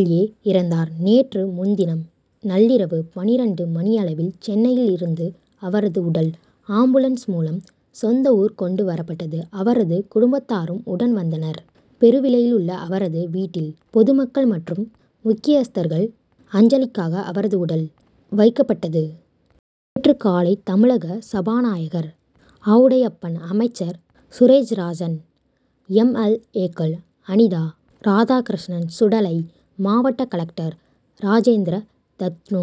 L. A., இறந்தார். நேற்று முன்தினம் நள்ளிரவு பன்னிரண்டு மணியளவில் சென்னையில் இருந்து அவரது உடல் ஆம்புலன்ஸ் மூலம் சொந்த ஊர் கொண்டு வரப்பட்டது. அவரது குடும்பத்தாரும் உடன் வந்தனர். பெருவிளையில் உள்ள அவரது வீட்டில் பொதுமக்கள் மற்றும் முக்கியஸ்தர்கள் அஞ்சலிக்காக அவரது உடல் வைக்கப்பட்டது. நேற்று காலை தமிழக சபாநாயகர் ஆவுடையப்பன், அமைச்சர் சுரேஷ்ராஜன், எம். எல். ஏ. க்கள் அனிதா ராதாகிருஷ்ணன், சுடலை, மாவட்ட கலெக்டர் ராஜேந்திர ரத்னு,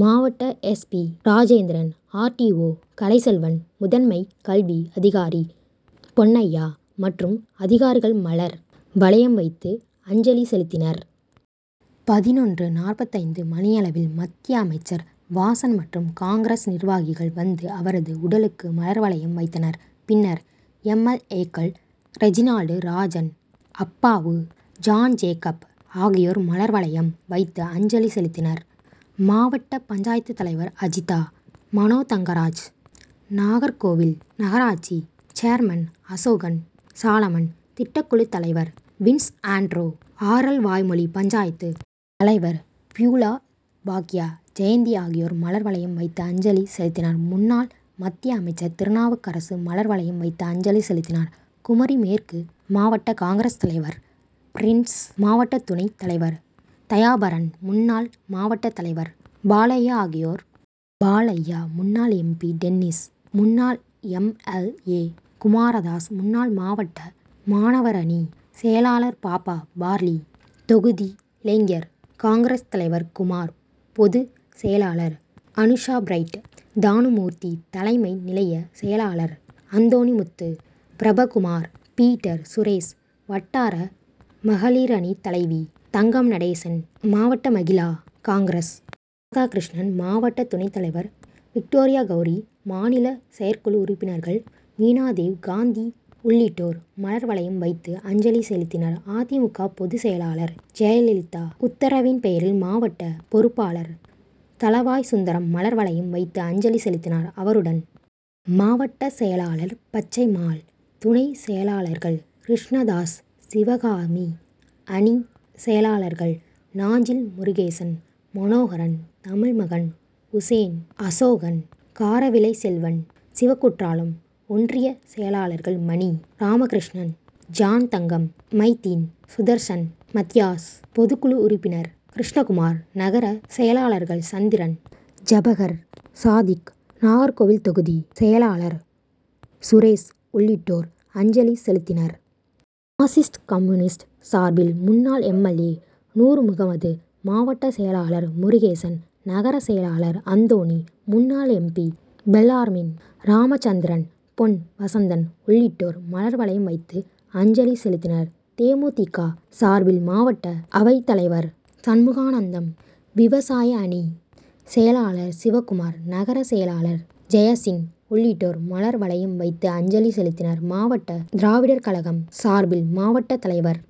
மாவட்ட S. P. Rajendran, R. D. O. Kalaiselvan, முதன்மை கல்வி அதிகாரி பொன்னையா, மற்றும் அதிகாரிகள் மலர் வளையம் வைத்து அஞ்சலி செலுத்தினர். பதினொன்று.நாற்பத்தைந்து மணியளவில் மத்திய அமைச்சர் வாசன் மற்றும் காங்கிரஸ் நிர்வாகிகள் வந்து அவரது உடலுக்கு மலர் வளையம் வைத்தனர். பின்னர்., எம். எல். ஏ. க்கள் ரெஜினால்டு, ராஜன், அப்பாவு, ஜாண்ஜேக்கப் ஆகியோர் மலர் வளையம் வைத்து அஞ்சலி செலுத்தினர். மாவட்ட பஞ்ஞாயத்து., தலைவர் அஜிதா மனோதங்கராஜ், நாகர்கோவில் நகராட்சி சேர்மன் அசோகன் சாலமன், திட்டக்குழு தலைவர் வின்ஸ் ஆன்றோ, ஆரல்வாய்மொழி பஞ்ஞாயத்து., தலைவர் பியூலா பாக்கிய ஜெயந்தி ஆகியோர் மலர் வளையம் வைத்து அஞ்சலி செலுத்தினார். முன்னாள் மத்திய அமைச்சர் திருநாவுக்கரசு மலர் வளையம் வைத்து அஞ்சலி செலுத்தினார். குமரி மேற்கு மாவட்ட காங்., தலைவர் பிரின்ஸ், மாவட்ட துணை தலைவர் தயாபரன், முன்னாள் மாவட்ட தலைவர் பாலையா, ஆகியோர். பாலையா, முன்னாள் எம். பி. டென்னிஸ், முன்னாள் எம். எல். ஏ. குமாரதாஸ், முன்னாள் மாவட்ட மாணவரணி செயலாளர் பாபா, பார்லி., தொகுதி இளைஞர் காங்ரஸ்., தலைவர் குமார், பொது செயலாளர் அனுஷா பிரைட், தாணுமூர்த்தி, தலைமை நிலைய செயலாளர் அந்தோணிமுத்து, பிரபகுமார், பீட்டர், சுரேஷ், வட்டார மகளிரணி தலைவி தங்கம்நடேசன், மாவட்ட மகிளா காங்ரஸ்., ராதாகிருஷ்ணன், மாவட்ட துணை தலைவர் விக்டோரியாகவுரி, மாநில செயற்குழு உறுப்பினர்கள் மீனாதேவ், காந்தி உள்ளிட்டோர் மலர் வளையம் வைத்து அஞ்சலி செலுத்தினர். அ. தி. மு. க. பொது செயலாளர் ஜெயலலிதா உத்தரவின்பேரில் மாவட்ட பொறுப்பாளர் தளவாய்சுந்தரம் மலர் வளையம் வைத்து அஞ்சலி செலுத்தினார். அவருடன் மாவட்ட செயலாளார் பச்சைமால், துணை செயலாளர்கள் கிருஷ்ணதாஸ், சிவகாமி, அணி செயலாளர்கள் நாஞ்சில் முருகேசன், மனோகரன், தமிழ்மகன் உசேன், அசோகன், காரவிளைசெல்வன், சிவகுற்றாலம், ஒன்றிய செயலாளர்கள் மணி, ராமகிருஷ்ணன், ஜாண்தங்கம், மைதீன், சுதர்சன், மத்தியாஸ், பொதுக்குழு உறுப்பினர் கிருஷ்ணகுமார், நகர செயலாளர்கள் சந்திரன், ஜபகர் சாதிக், நாகர்கோவில் தொகுதி செயலாளர் சுரேஷ் உள்ளிட்டோர் அஞ்சலி செலுத்தினர். மாசிஸ்ட். கம்யூநிஸ்ட்., சார்பில் முன்னாள் எம். எல். ஏ. நூர்முகம்மது, மாவட்ட செயலளார் முருகேசன், நகர செயலாளர் அந்தோணி, முன்னாள் எம். பி. பெல்லார்மின், ராமச்சந்திரன், பொன் வசந்தன் உள்ளிட்டோர் மலர் வளையம் வைத்து அஞ்சலி செலுத்தினர். தே. மு. தி. க. சார்பில் மாவட்ட அவைத்தலைவர் சண்முகானந்தம், விவசாய அணி செயலாளர் சிவகுமார், நகர செயலாளர் ஜெயசிங் உள்ளிட்டோர் மலர் வளையம் வைத்து அஞ்சலி செலுத்தினர். மாவட்ட திராவிடர் கழகம் சார்பில் மாவட்ட தலைவர்